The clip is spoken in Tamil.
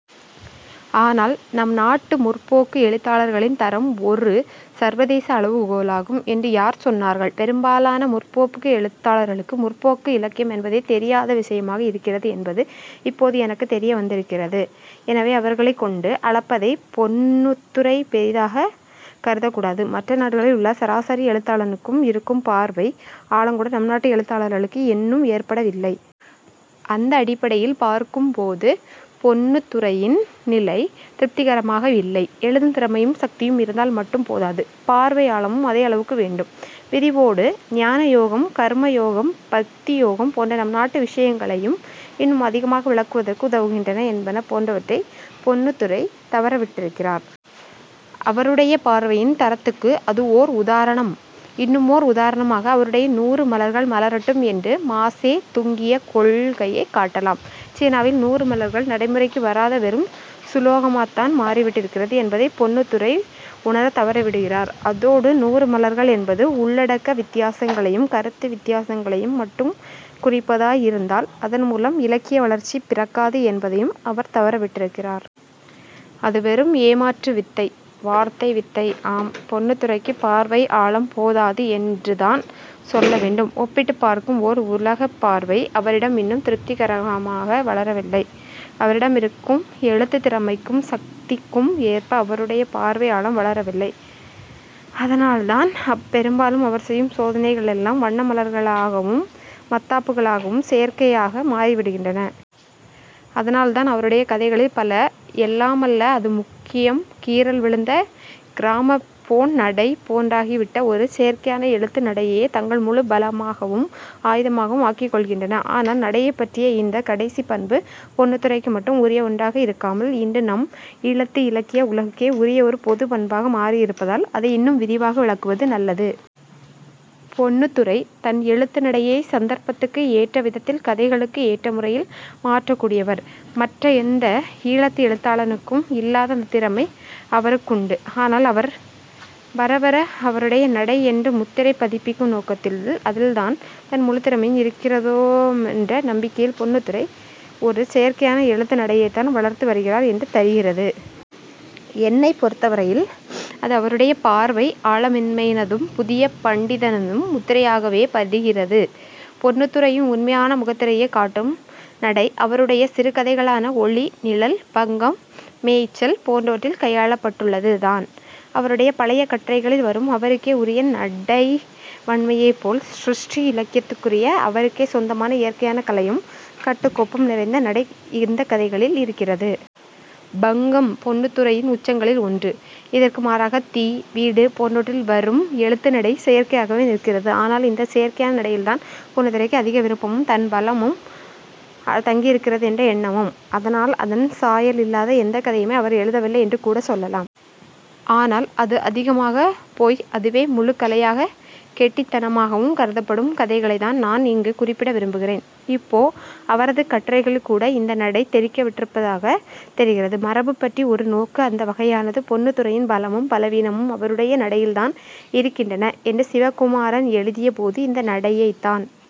ஆனால் நம் நாட்டு 'முற்போக்கு' எழுத்தாளர்களின் தரம் ஒரு சர்வதேச அளவுகோலாகும் என்று யார் சொன்னார்கள் பெரும்பாலான 'முற்போக்கு' எழுத்தாளர்களுக்கு முற்போக்கு இலக்கியம் என்பதே தெரியாத விசயமாக இருக்கிறது என்பது இப்போது எனக்குத் தெரியவந்திருக்கிறது. எனவே, அவர்களைக் கொண்டு அளப்பதைப் பொன்னுத்துரை பெரிதாக கருதக்கூடாது. மற்ற நாடுகளில் உள்ள சராசரி எழுத்தாளனுக்கு இருக்கும் பார்வை ஆழம்கூட நம் நாட்டு எழுத்தாளர்களுக்கு இன்னும் ஏற்படவில்லை. அந்த அடிப்படையில் பார்க்கும்போது பொன்னுத்துரையின் நிலை திருப்திகரமாக இல்லை. எழுதும் திறமையும் சக்தியும் இருந்தால் மட்டும் போதாது. பார்வை ஆழமும் அதே அளவுக்கு வேண்டும். விரிவோடு ஞானயோகம் கர்மயோகம் பக்தியோகம் போன்ற நம் நாட்டு விசயங்களையும் இன்னும் அதிகமாக விளக்குவதற்கும் உதவுகின்றன என்பன போன்றவற்றைப் பொன்னுத்துரை தவறவிட்டிருக்கிறார். அவருடைய பார்வையின் தரத்துக்கு அது ஓர் உதாரணம். இன்னுமோர் உதாரணமாக அவருடைய 'நூறு மலர்கள் மலரட்டும் என்ற மாசே துங்கிய கொள்கையைக் காட்டலாம். சீனாவில் 'நூறு மலர்கள்' நடைமுறைக்கு வராத வெறும் சுலோகமாகத்தான் மாறிவிட்டிருக்கிறது என்பதைப் பொன்னுத்துரை உணரத்தவறிவிடுகிறார். அதோடு 'நூறு மலர்கள்' என்பது உள்ளடக்க வித்தியாசங்களையும் கருத்து வித்தியாசங்களையும் மட்டும் குறிப்பதாய் இருந்தால் அதன்மூலம் இலக்கிய வளர்ச்சி பிறக்காது என்பதையும் அவர் தவறவிட்டிருக்கிறார். அது வெறும் ஏமாற்றுவித்தை, வார்த்தை வித்தை. ஆமாம் பொன்னுத்துரைக்குப் பார்வை ஆழம் போதாது என்றுதான் சொல்ல வேண்டும். ஒப்பிட்டுப் பார்க்கும் ஓர் உலகப் பார்வை அவரிடம் இன்னும் திருப்திகரமாக வளரவில்லை. அவரிடம் இருக்கும் எழுத்துத் திறமைக்கும் சக்திக்கும் ஏற்ப அவருடைய பார்வை ஆழம் வளரவில்லை. அதனால்தான் பெரும்பாலும் அவர் செய்யும் சோதனைகள் எல்லாம் வண்ணமலர்களாகவும் மத்தாப்புகளாகவும் செயற்கையாக மாறிவிடுகின்றன. அதனால்தான் அவருடைய கதைகளில் பல, எல்லாமல்ல அது முக்கியம் கீறல் விழுந்த கிராமபோன் நடை போன்றாகிவிட்ட ஒரு செயற்கையான எழுத்து நடையையே தங்கள் முழு பலமாகவும் ஆயுதமாகவும் ஆக்கிக்கொள்கின்றன. ஆனால் நடையைப் பற்றிய இந்தக் கடைசிப் பண்பு பொன்னுத்துரைக்கு மட்டும் உரிய ஒன்றாக இருக்காமல் இன்று நம் ஈழத்து இலக்கிய உலகுக்கே உரிய ஒரு பொதுப் பண்பாக மாறியிருப்பதால் அதை இன்னும் விரிவாக விளக்குவது நல்லது. பொன்னுத்துரை தன் எழுத்து நடையைச் சந்தர்ப்பத்துக்கு ஏற்றவிதத்தில் கதைகளுக்கு ஏற்ற முறையில் மாற்றக் கூடியவர். மற்ற எந்த ஈழத்து எழுத்தாளனுக்கும் இல்லாத அந்தத் திறமை அவருக்குண்டு. ஆனால் வர வர அவருடைய நடை என்று முத்திரை பதிப்பிக்கும் நோக்கத்தில், அதில்தான் தன் முழுத் திறமையும் இருக்கிறதென்ற நம்பிக்கையில் பொன்னுத்துரை ஒரு செயற்கையான எழுத்து நடையைத்தான் வளர்த்து வருகிறார் என்று தரிகிறது. என்னைப் பொருத்தவரையில் அது அவருடைய பார்வை ஆழமின்மையினதும் புதிய பண்டிதத்தினதும் முத்திரையாகவே படுகிறது. பொன்னுத்துரையின் உண்மையான முத்திரையைக் காட்டும் நடை, அவருடைய சிறுகதைகளான 'ஒளி', 'நிழல்', 'பங்கம்', 'மேய்ச்சல்' போன்றவற்றில் கையாளப்பட்டுள்ளதுதான். அவருடைய பழைய கட்டுரைகளில் வரும் அவருக்கே உரிய நடைவன்மையைப் போல் சிருஷ்டி இலக்கியத்துக்குரிய அவருக்கே சொந்தமான இயற்கையான கலையும் கட்டுக்கோப்பும் நிறைந்த நடை இந்தக் கதைகளில் இருக்கிறது. 'பங்கம்' பொன்னுத்துரையின் உச்சங்களில் ஒன்று. இதற்கு மாறாக 'தீ' 'வீடு' போன்றவற்றில் வரும் எழுத்து நடை செயற்கையாகவே நிற்கிறது. ஆனால் இந்தச் செயற்கையான நடையில்தான் பொன்னுத்துரைக்கு அதிக விருப்பமும், தன் முழு பலமும் தங்கியிருக்கிறது என்ற எண்ணமும். அதனால் அதன் சாயல் இல்லாத எந்தக் கதையுமே அவர் எழுதவில்லை என்று கூடச் சொல்லலாம். ஆனால் அது அதிகமாகப் போய் அதுவே முழுக் கலையாகவும் கெட்டித்தனமாகவும் கருதப்படும் கதைகளைத்தான் நான் இங்கு குறிப்பிட விரும்புகிறேன். இப்போ அவரது கட்டுரைகளில்கூட இந்த நடை தொற்றிவிட்டிருப்பதாகத் தெரிகிறது. 'மரபுபற்றி ஒரு நோக்கு' அந்த வகையானது. பொன்னுத்துரையின் பலமும் பலவீனமும் அவருடைய நடையில்தான் இருக்கின்றன என்று சிவகுமாரன் எழுதியபோது இந்த நடையைத்தான்